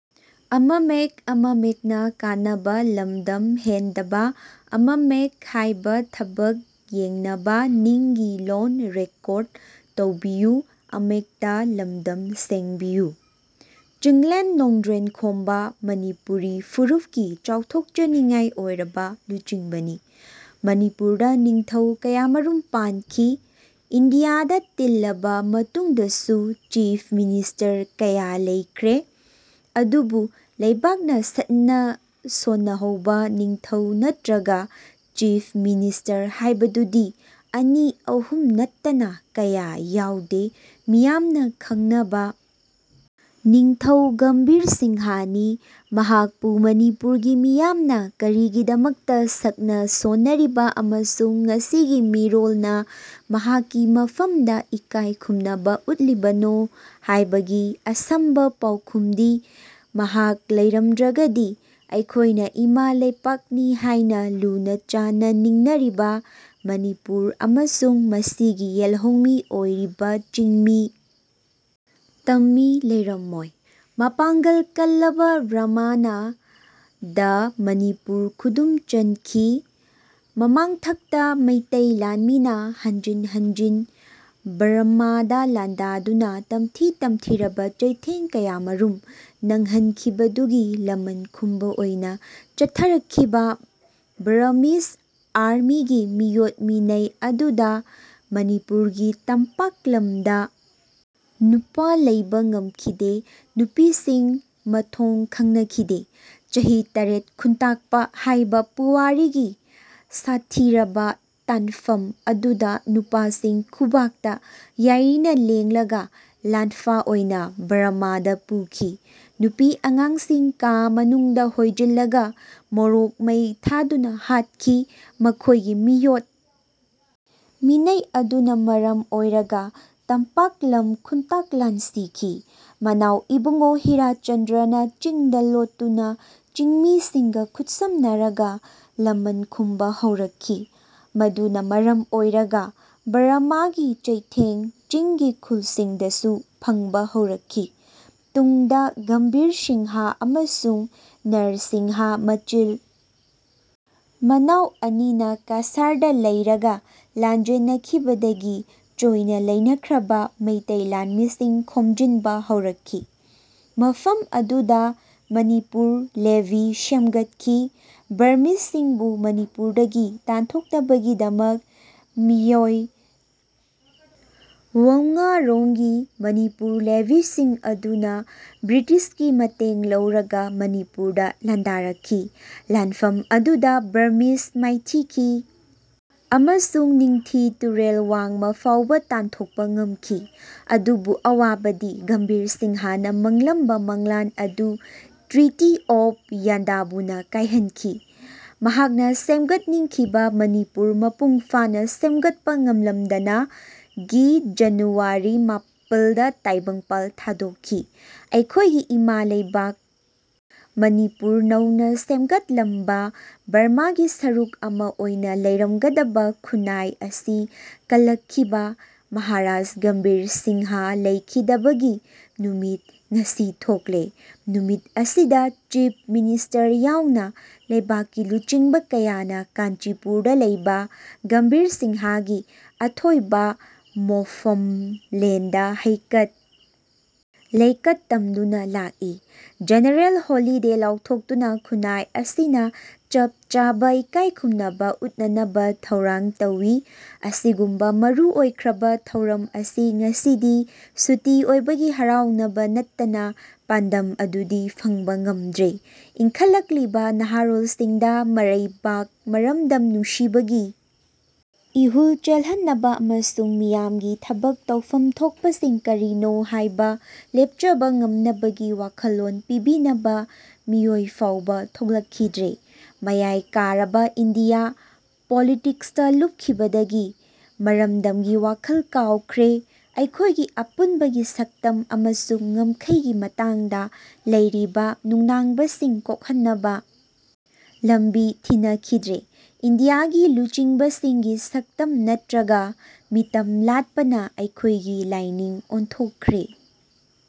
ꯆꯤꯡꯂꯦꯟ ꯅꯣꯡꯗ꯭ꯔꯦꯟꯈꯣꯝꯕ ꯃꯅꯤꯄꯨꯔꯤ ꯐꯨꯔꯨꯞꯀꯤ ꯆꯥꯎꯊꯣꯛꯆꯅꯤꯉꯥꯏ ꯑꯣꯏꯔꯕ ꯂꯨꯆꯤꯡꯕꯅꯤ ꯃꯅꯤꯄꯨꯔꯗ ꯅꯤꯡꯊꯧ ꯀꯌꯥꯃꯔꯨꯝ ꯄꯥꯟꯈꯤ꯫ ꯏꯟꯗꯤꯌꯥꯗ ꯇꯤꯜꯂꯕ ꯃꯇꯨꯡꯗꯁꯨ ꯆꯤꯐ ꯃꯤꯅꯤꯁꯇꯔ ꯀꯌꯥ ꯂꯩꯈ꯭ꯔꯦ꯫ ꯑꯗꯨꯕꯨ ꯂꯩꯕꯥꯛꯅ ꯁꯛꯅ-ꯁꯣꯟꯅꯍꯧꯕ ꯅꯤꯡꯊꯧ ꯅꯠꯇ꯭ꯔꯒ ꯆꯤꯐ ꯃꯤꯅꯤꯁꯇꯔ ꯍꯥꯏꯕꯗꯨꯗꯤ ꯑꯅꯤ ꯑꯍꯨꯝ ꯅꯠꯇꯅ ꯀꯌꯥ ꯌꯥꯎꯗꯦ꯫ ꯃꯤꯌꯥꯝꯅ ꯈꯪꯅꯕ ꯅꯤꯡꯊꯧ ꯒꯝꯚꯤꯔ ꯁꯤꯡꯍꯅꯤ꯫ ꯃꯍꯥꯛꯄꯨ ꯃꯅꯤꯄꯨꯔꯒꯤ ꯃꯤꯌꯥꯝꯅ ꯀꯔꯤꯒꯤꯗꯃꯛꯇ ꯁꯛꯅ-ꯁꯣꯟꯅꯔꯤꯕ ꯑꯃꯁꯨꯡ ꯉꯁꯤꯒꯤ ꯃꯤꯔꯣꯜꯅ ꯃꯍꯥꯛꯀꯤ ꯃꯐꯝꯗ ꯏꯀꯥꯏ ꯈꯨꯝꯅꯕ ꯎꯠꯂꯤꯕꯅꯣ ꯍꯥꯏꯕꯒꯤ ꯑꯁꯝꯕ ꯄꯥꯎꯈꯨꯝꯗꯤ ꯃꯍꯥꯛ ꯂꯩꯔꯝꯗ꯭ꯔꯒꯗꯤ ꯑꯩꯈꯣꯏꯅ ꯏꯃꯥ ꯂꯩꯄꯥꯛꯅꯤ ꯍꯥꯏꯅ ꯂꯨꯅ-ꯆꯥꯟꯅ ꯅꯤꯡꯅꯔꯤꯕ ꯃꯅꯤꯄꯨꯔ ꯑꯃꯁꯨꯡ ꯃꯁꯤꯒꯤ ꯌꯦꯜꯍꯧꯃꯤ ꯑꯣꯏꯔꯤꯕ ꯆꯤꯡꯃꯤ ꯇꯝꯃꯤ ꯂꯩꯔꯝꯃꯣꯏ꯫ ꯃꯄꯥꯡꯒꯜ ꯀꯜꯂꯕ ꯕꯔꯃꯥꯅ ꯗ ꯃꯅꯤꯄꯨꯔ ꯈꯨꯗꯨꯝ ꯆꯟꯈꯤ꯫ ꯃꯃꯥꯡꯊꯛꯇ ꯃꯩꯇꯩ ꯂꯥꯟꯃꯤꯅ ꯍꯟꯖꯤꯟ ꯍꯟꯖꯤꯟ ꯕꯔꯝꯃꯥꯗ ꯂꯥꯟꯗꯥꯗꯨꯅ ꯇꯝꯊꯤ ꯇꯝꯊꯤꯔꯕ ꯆꯩꯊꯦꯡ ꯀꯌꯥꯃꯔꯨꯝ ꯅꯡꯍꯟꯈꯤꯕꯗꯨꯒꯤ ꯂꯃꯟ ꯈꯨꯝꯕ ꯑꯣꯏꯅ ꯆꯠꯊꯔꯛꯈꯤꯕ ꯕꯔꯝꯃꯤꯖ ꯑꯥꯔꯃꯤꯒꯤ ꯃꯤꯑꯣꯠ ꯃꯤꯅꯩ ꯑꯗꯨꯗ ꯃꯅꯤꯄꯨꯔꯒꯤ ꯇꯝꯄꯥꯛ ꯂꯝꯗ ꯅꯨꯄ ꯂꯩꯕ ꯉꯝꯈꯤꯗꯦ꯫ ꯅꯨꯄꯤꯁꯤꯡ ꯃꯊꯣꯡ ꯈꯪꯅꯈꯤꯗꯦ꯫ ꯆꯍꯤ ꯇꯔꯦꯠ ꯈꯨꯅꯇꯥꯛꯄ ꯍꯥꯏꯕ ꯄꯨꯋꯥꯔꯤꯒꯤ ꯁꯥꯠꯊꯤꯔꯕ ꯇꯥꯟꯐꯝ ꯑꯗꯨꯗ ꯅꯨꯄꯥꯁꯤꯡ ꯈꯨꯕꯥꯛꯇ ꯌꯥꯏꯔꯤꯅ ꯂꯦꯡꯂꯒ ꯂꯥꯟꯐꯥ ꯑꯣꯏꯅ ꯕꯔꯝꯝꯥꯗ ꯄꯨꯈꯤ꯫ ꯅꯨꯄꯤ ꯑꯉꯥꯡꯁꯤꯡ ꯀꯥ ꯃꯅꯨꯡꯗ ꯍꯣꯏꯖꯤꯜꯂꯒ ꯃꯣꯔꯣꯛ ꯃꯩ ꯊꯥꯗꯨꯅ ꯍꯥꯠꯈꯤ꯫ ꯃꯈꯣꯏꯒꯤ ꯃꯤꯑꯣꯠ ꯃꯤꯅꯩ ꯑꯗꯨꯅ ꯃꯔꯝ ꯑꯣꯏꯔꯒ ꯇꯝꯄꯥꯛ ꯂꯝ ꯈꯨꯟꯇꯥꯛ ꯂꯥꯟꯁꯤꯈꯤ꯫ ꯃꯅꯥꯎ ꯏꯕꯨꯉꯣ ꯍꯤꯔꯥꯆꯟꯗ꯭ꯔꯅ ꯆꯤꯡꯗ ꯂꯣꯠꯇꯨꯅ ꯆꯤꯡꯃꯤꯁꯤꯡꯒ ꯈꯨꯠꯁꯝꯅꯔꯒ ꯂꯃꯟ ꯈꯨꯝꯕ ꯍꯧꯔꯛꯈꯤ꯫ ꯃꯗꯨꯅ ꯃꯔꯝ ꯑꯣꯏꯔꯒ ꯕꯔꯝꯃꯥꯒꯤ ꯆꯩꯊꯦꯡ ꯆꯤꯡꯒꯤ ꯈꯨꯜꯁꯤꯡꯗꯁꯨ ꯐꯪꯕ ꯍꯧꯔꯛꯈꯤ꯫ ꯇꯨꯡꯗ ꯒꯝꯚꯤꯔ ꯁꯤꯡꯍ ꯑꯃꯁꯨꯡ ꯅꯔꯁꯤꯡꯍ ꯃꯆꯤꯜ ꯃꯅꯥꯎ ꯑꯅꯤꯅ ꯀꯁꯥꯔꯗ ꯂꯩꯔꯒ ꯂꯥꯟꯖꯦꯟꯅꯈꯤꯕꯗꯒꯤ ꯆꯣꯏꯅ ꯂꯩꯅꯈ꯭ꯔꯕ ꯃꯩꯇꯩ ꯂꯥꯟꯃꯤꯁꯤꯡ ꯈꯣꯝꯖꯤꯟꯕ ꯍꯧꯔꯛꯈꯤ꯫ ꯃꯐꯝ ꯑꯗꯨꯗ ꯃꯅꯤꯄꯨꯔ ꯂꯦꯚꯤ ꯁꯦꯝꯒꯠꯈꯤ꯫ ꯕꯔꯝꯃꯤꯖꯁꯤꯡꯕꯨ ꯃꯅꯤꯄꯨꯔꯗꯒꯤ ꯇꯥꯟꯊꯣꯛꯅꯕꯒꯤꯗꯃꯛ ꯃꯤꯑꯣꯏ ꯋꯝꯉꯥꯔꯣꯝꯒꯤ ꯃꯅꯤꯄꯨꯔ ꯂꯦꯚꯤꯁꯤꯡ ꯑꯗꯨꯅ ꯕ꯭ꯔꯤꯇꯤꯁꯀꯤ ꯃꯇꯦꯡ ꯂꯧꯔꯒ ꯃꯅꯤꯄꯨꯔꯗ ꯂꯥꯟꯗꯥꯔꯛꯈꯤ꯫ ꯂꯥꯟꯐꯝ ꯑꯗꯨꯗ ꯕꯔꯝꯃꯤꯖ ꯃꯥꯏꯊꯤꯈꯤ ꯑꯃꯁꯨꯡ ꯅꯤꯡꯊꯤ ꯇꯨꯔꯦꯜ ꯋꯥꯡꯃ ꯐꯥꯎꯕ ꯇꯥꯟꯊꯣꯛꯄ ꯉꯝꯈꯤ꯫ ꯑꯗꯨꯕꯨ ꯑꯋꯥꯕꯗꯤ ꯒꯝꯚꯤꯔ ꯁꯤꯡꯍꯅ ꯃꯪꯂꯝꯕ ꯃꯪꯂꯥꯟ ꯑꯗꯨ ꯇ꯭ꯔꯤꯇꯤ ꯑꯣꯐ ꯌꯥꯟꯗꯥꯕꯨꯅ ꯀꯥꯏꯍꯟꯈꯤ꯫ ꯃꯍꯥꯛꯅ ꯁꯦꯝꯒꯠꯅꯤꯡꯈꯤꯕ ꯃꯅꯤꯄꯨꯔ ꯃꯄꯨꯡ ꯐꯥꯅ ꯁꯦꯝꯒꯠꯄ ꯉꯝꯂꯝꯗꯅ ꯒꯤ ꯖꯥꯅꯨꯋꯥꯔꯤ ꯃꯄꯜꯗ ꯇꯥꯏꯕꯪꯄꯥꯜ ꯊꯥꯗꯣꯛꯈꯤ꯫ ꯑꯩꯈꯣꯏꯒꯤ ꯏꯃꯥ ꯂꯩꯕꯥꯛ ꯃꯅꯤꯄꯨꯔ ꯅꯧꯅ ꯁꯦꯃꯒꯠꯂꯝꯕ, ꯕꯔꯝꯃꯥꯒꯤ ꯁꯔꯨꯛ ꯑꯃ ꯑꯣꯏꯅ ꯂꯩꯔꯝꯒꯗꯕ ꯈꯨꯟꯅꯥꯏ ꯑꯁꯤ ꯀꯜꯂꯛꯈꯤꯕ ꯃꯍꯥꯔꯥꯖ ꯒꯝꯚꯤꯔ ꯁꯤꯡꯍ ꯂꯩꯈꯤꯗꯕꯒꯤ ꯅꯨꯃꯤꯠ ꯉꯁꯤ ꯊꯣꯛꯂꯦ꯫ ꯅꯨꯃꯤꯠ ꯑꯁꯤꯗ ꯆꯤꯐ ꯃꯤꯅꯤꯁꯇꯔ ꯌꯥꯎꯅ ꯂꯩꯕꯥꯛꯀꯤ ꯂꯨꯆꯤꯡꯕ ꯀꯌꯥꯅ ꯀꯥꯟꯆꯤꯄꯨꯔꯗ ꯂꯩꯕ ꯒꯝꯚꯤꯔ ꯁꯤꯡꯍꯒꯤ ꯑꯊꯣꯏꯕ ꯃꯣꯐꯝꯂꯦꯟꯗ ꯍꯩꯀꯠ ꯂꯩꯀꯠ ꯇꯝꯗꯨꯅ ꯂꯥꯛꯏ꯫ ꯖꯦꯅꯔꯦꯜ ꯍꯣꯂꯤꯗꯦ ꯂꯥꯎꯊꯣꯛꯇꯨꯅ ꯈꯨꯟꯅꯥꯏ ꯑꯁꯤꯅ ꯆꯞ ꯆꯥꯕ ꯏꯀꯥꯏ ꯈꯨꯝꯅꯕ ꯎꯠꯅꯅꯕ ꯊꯧꯔꯥꯡ ꯇꯧꯏ꯫ ꯑꯁꯤꯒꯨꯝꯕ ꯃꯔꯨꯑꯣꯏꯈ꯭ꯔꯕ ꯊꯧꯔꯝ ꯑꯁꯤ ꯉꯁꯤꯗꯤ ꯁꯨꯇꯤ ꯑꯣꯏꯕꯒꯤ ꯍꯔꯥꯎꯅꯕ ꯅꯠꯇꯅ ꯄꯥꯟꯗꯝ ꯑꯗꯨꯗꯤ ꯐꯪꯕ ꯉꯝꯗ꯭ꯔꯦ꯫ ꯏꯟꯈꯠꯂꯛꯂꯤꯕ ꯅꯍꯥꯔꯣꯜꯁꯤꯡꯗ ꯃꯔꯩꯕꯥꯛ ꯃꯔꯝꯗꯝ ꯅꯨꯡꯁꯤꯕꯒꯤ ꯏꯍꯨꯜ ꯆꯦꯜꯍꯟꯅꯕ ꯑꯃꯁꯨꯡ ꯃꯤꯌꯥꯝꯒꯤ ꯊꯕꯛ ꯇꯧꯐꯝ ꯊꯣꯛꯄꯁꯤꯡ ꯀꯔꯤꯅꯣ ꯍꯥꯏꯕ ꯂꯦꯞꯆꯕ ꯉꯝꯅꯕꯒꯤ ꯋꯥꯈꯜꯂꯣꯟ ꯄꯤꯕꯤꯅꯕ ꯃꯤꯑꯣꯏ ꯐꯥꯎꯕ ꯊꯣꯛꯂꯛꯈꯤꯗ꯭ꯔꯦ꯫ ꯃꯌꯥꯏ ꯀꯥꯔꯕ ꯏꯟꯗꯤꯌꯥ ꯄꯣꯂꯤꯇꯤꯛꯁꯇ ꯂꯨꯞꯈꯤꯕꯗꯒꯤ ꯃꯔꯝꯗꯝꯒꯤ ꯋꯥꯈꯜ ꯀꯥꯎꯈ꯭ꯔꯦ꯫ ꯑꯩꯈꯣꯏꯒꯤ ꯑꯄꯨꯟꯕꯒꯤ ꯁꯛꯇꯝ ꯑꯃꯁꯨꯡ ꯉꯝꯈꯩꯒꯤ ꯃꯇꯥꯡꯗ ꯂꯩꯔꯤꯕ ꯅꯨꯡꯅꯥꯡꯕꯁꯤꯡ ꯀꯣꯛꯍꯟꯅꯕ ꯂꯝꯕꯤ ꯊꯤꯅꯈꯤꯗ꯭ꯔꯦ꯫ ꯏꯟꯗꯤꯌꯥꯒꯤ ꯂꯨꯆꯤꯡꯕꯁꯤꯡꯒꯤ ꯁꯛꯇꯝ ꯅꯠꯇ꯭ꯔꯒ ꯃꯤꯇꯝ ꯂꯥꯠꯄꯅ ꯑꯩꯈꯣꯏꯒꯤ ꯂꯥꯏꯅꯤꯡ ꯑꯣꯟꯊꯣꯛꯈꯔꯦ꯫